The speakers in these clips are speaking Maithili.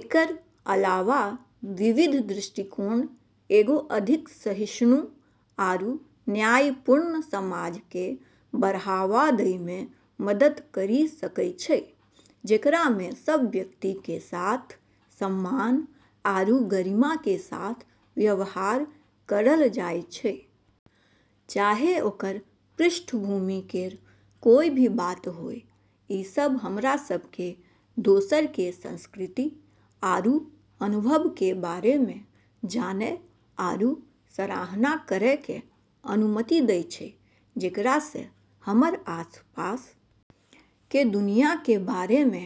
एकरऽ अलावा विविध दृष्टिकोण एगो अधिक सहिष्णु आरू न्यायपूर्ण समाज के बढ़ावा दै मे मदद करी सकै छै जेकरा मे सब व्यक्ति के साथ सम्मान आरू गरिमा के साथ व्यवहार करलऽ जाय छै, चाहे ओकरऽ पृष्ठभूमि केरऽ कोय भी बात होय, ई सब हमरा सब के दोसरऽ के संस्कृति आरू अनुभव के बारे मे जानय आरू सराहना करै के अनुमति दै छै जेकरा से हमरऽ आसपास के दुनिया के बारे मे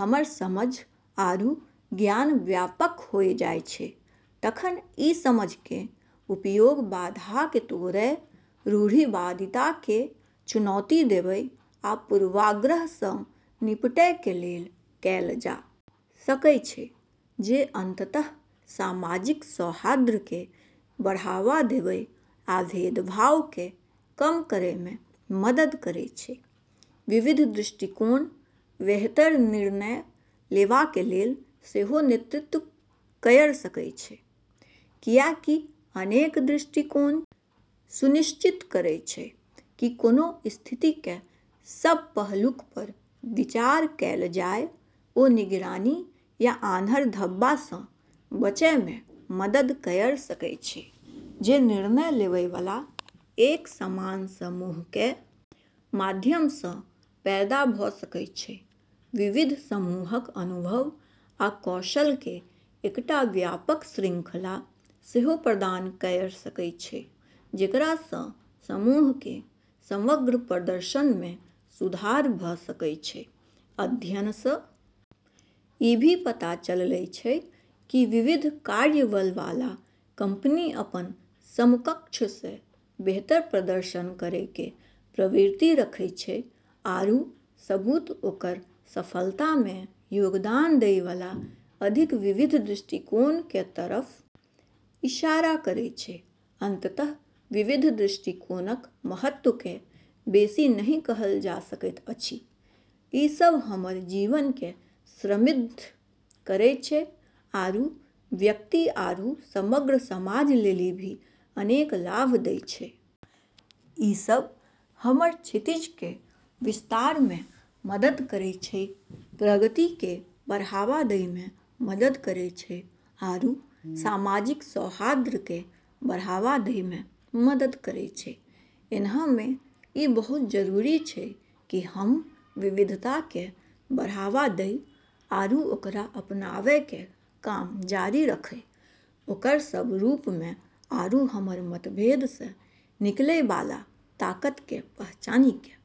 हमरऽ समझ आरू ज्ञान व्यापक होय जाय छै तखन इ समझ कें उपयोग बाधाक कें तोड़य, रूढ़िवादिता कें चुनौती देवय आ पूर्वाग्रह सं निपटय कें लेल कैल जा सकय छै जे अंतत: सामाजिक सौहार्द कें बढ़ावा देवय आ भेदभाव कें कम करय मे मदद करय छै विविध दृष्टिकोण बेहतर निर्णय लेवा कें लेल सेहो नेतृत्व कयर सकय छै, कियाकि अनेक दृष्टिकोण सुनिश्चित करय छै कि कोनों स्थिति कें सब पहलुअक पर विचार कैल जाय ओ निगरानी या आन्हर धब्बा सं बचय मे मदद कयर सकय छै जे निर्णय लेवय वाला एक समान समूह कें माध्यम सं पैदा भ सकय छै, विविध समूहक अनुभव आ कौशल कें एकटा व्यापक श्रृंखला सेहो प्रदान कयर सकय छै, जेकरा सं समूह कें समग्र प्रदर्शन मे सुधार भ सकय छै, अध्ययनऽ से ई भी पता चललै छै कि विविध कार्यबल वाला कंपनी अपनऽ समकक्षऽ से बेहतर प्रदर्शन करै के प्रवृत्ति रखै छै आरू सबूत ओकरऽ सफलता मे योगदान दै वाला अधिक विविध दृष्टिकोण के तरफ इशारा करै छै, अंततः विविध दृष्टिकोणक महत्व केँ बेसी नहि कहल जा सकैत अछि, ई सब हमरऽ जीवन के समृद्ध करै छै आरू व्यक्ति आरू समग्र समाज लेली भी अनेक लाभ दै छै, ई सब हमरऽ क्षितिज के विस्तार मे मदद करै छै, प्रगति के बढ़ावा दै मे मदद करै छै आरू सामाजिक सौहार्द के बढ़ावा दै मे मदद करै छै, ऐन्हऽ मे ई बहुत जरूरी छै कि हम्म विविधता के बढ़ावा दै आरू ओकरा अपनाबै के काम जारी रखै ओकरऽ सब रूप मे आरू हमरऽ मतभेद से निकलै वाला ताकत के पहचानी के।